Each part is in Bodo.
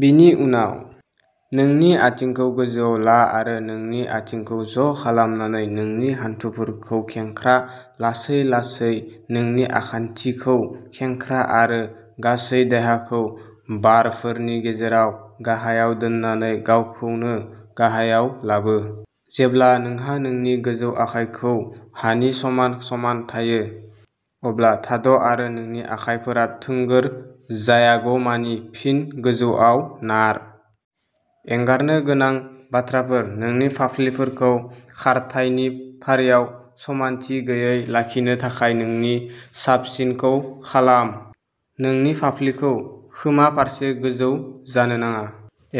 बिनि उनाव, नोंनि आथिंखौ गोजौआव ला आरो नोंनि आथिंखौ ज' खालामनानै नोंनि हान्थुफोरखौ खेंख्रा लासै-लासै नोंनि आखान्थिखौ खेंख्रा आरो गासै देहाखौ बारफोरनि गेजेराव गाहायाव दोननानै गावखौनो गाहायाव लाबो। जेब्ला नोंहा नोंनि गोजौ आखाइखौ हानि समान समान थायो, अब्ला थाद' आरो नोंनि आखाइफोरा थोंगोर जायागौ मानि फिन गोजौआव नार। एंगारनो गोनां बाथ्राफोर नोंनि फाफ्लिफोरखौ खारथायनि फारियाव समानथि गैयै लाखिनो थाखाय नोंनि साबसिनखौ खालाम। नोंनि फाफ्लिखौ खोमा फारसे गोजौ जानो नाङा,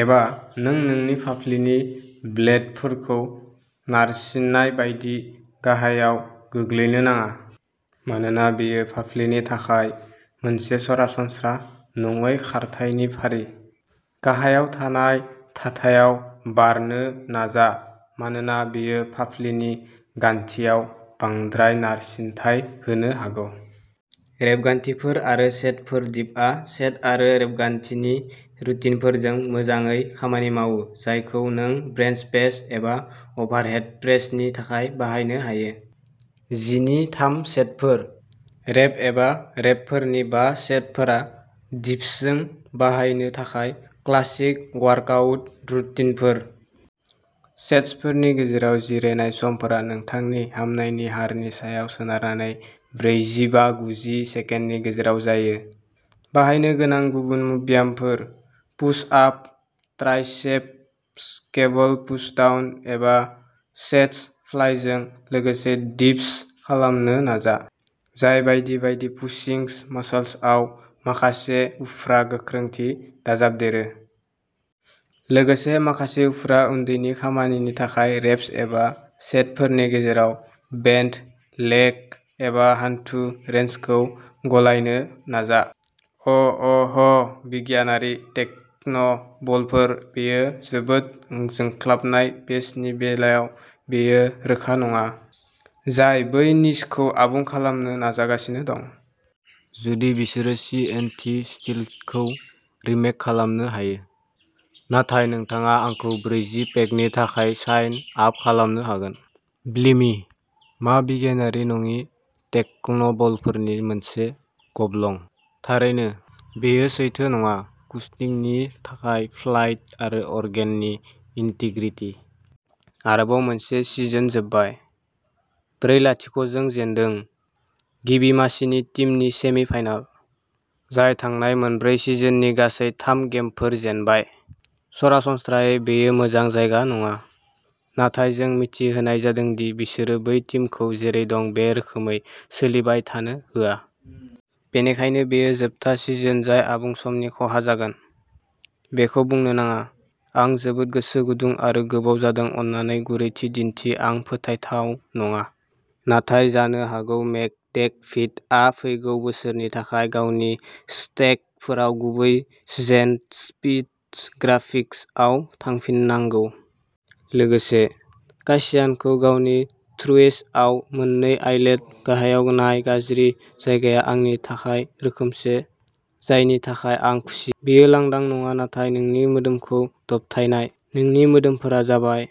एबा नों नोंनि फाफ्लिनि ब्लेडफोरखौ नारसिन्नाय बायदि गाहायाव गोग्लैनो नाङा। मानोना बेयो फाफ्लिनि थाखाय मोनसे सरासनस्रा नङै खारथायनि फारि, गाहायाव थानाय थाथायाव बारनो नाजा मानोना बेयो फाफ्लिनि गान्थिआव बांद्राय नारसिनथाय होनो हागौ। रेबगान्थिफोर आरो सेटफोर दिपआ सेट आरो रेबगान्थिनि रुटिनफोरजों मोजाङै खामानि मावो जायखौ नों बेन्च प्रेस एबा अभारहेड प्रेसनि थाखाय बाहायनो हायो। जि नि थाम सेटफोर। रेप एबा बा रेपफोरनि बा सेटफोरा डिप्सजों बाहायनो थाखाय क्लासिक वर्कआउट रुटिनफोर। सेटसफोरनि गेजेराव जिरायनाय समफोरा नोंथांनि हामनायनि हारनि सायाव सोनारनानै ब्रैजिबा-गुजि सेकेन्डनि गेजेराव जायो। बाहायनो गोनां गुबुन ब्यामफोर push ups, triceps cable pushdown एबा चेस्ट फ्लाइजों लोगोसे डिप्स खालामनो नाजा, जाय बायदि बायदि पुशिं मासल्सआव माखासे उफ्रा गोख्रोंथि दाजाबदेरो। लोगोसे माखासे उफ्रा उन्दैनि खामानिनि थाखाय रेप्स एबा सेटफोरनि गेजेराव बेन्ट लेग एबा हानथु रेज्सखौ गलायनो नाजा। अ'अ'ह बिगियानारि टेक्न'बलफोर बेयो जोबोद जोंख्लाबनाय बेसनि बेलायाव बेयो रोखा नङा, जाय बै निशखौ आबुं खालामनो नाजागासिनो दं। जुदि बिसोरो सि एन थि स्टील्थखौ रिमेक खालामनो हायो, नाथाय नोंथाङा आंखौ ब्रैजि पेकनि थाखाय साइन आप खालामनो हागोन। ब्लिमि, मा बिगियानारि नङि टेक्न'बलफोरनि मोनसे गब्लं। थारैनो, बेयो सैथो नङा कुशनिंनि थाखाय फ्लुइड आरो अर्गेननि इन्टिग्रिटि। आरोबाव मोनसे सिजन जोबबाय। ब्रै-लाथिक' जों जेनदों। गिबि मासिनि टीमनि सेमि-फाइनाल, जाय थांनाय मोनब्रै सिजननि गासै थाम गेमफोर जेनबाय। सरासनस्रायै बेयो मोजां जायगा नङा, नाथाय जोंनो मिथि होनाय जादों दि बिसोरो बै टीमखौ जेरै दं बे रोखोमै सोलिबाय थानो होआ। बेनिखायनो बेयो जोबथा सिजन जाय आबुं समनि खहा जागोन। बेखौ बुंनो नाङा। आं जोबोद गोसो गुदुं आरो गोबाव जादों अन्नानै गुरैथि दिन्थि आं फोथायथाव नङा, नाथाय जानो हागौ मेकडेभिडआ फैगौ बोसोरनि थाखाय गावनि स्केटफोराव गुबै जेटस्पीड ग्राफिक्सआव थांफिननांगौ। लोगोसे, कासियानखौ गावनि थ्रुएसआव मोननै आइलेट गाहायाव नाय गाज्रि जायगाया आंनि थाखाय रोखोमसे, जायनि थाखाय आं खुसि। बेयो लांदां नङा नाथाय नोंनि मोदोमखौ दबथायनाय। नोंनि मोदोमफोरा जाबाय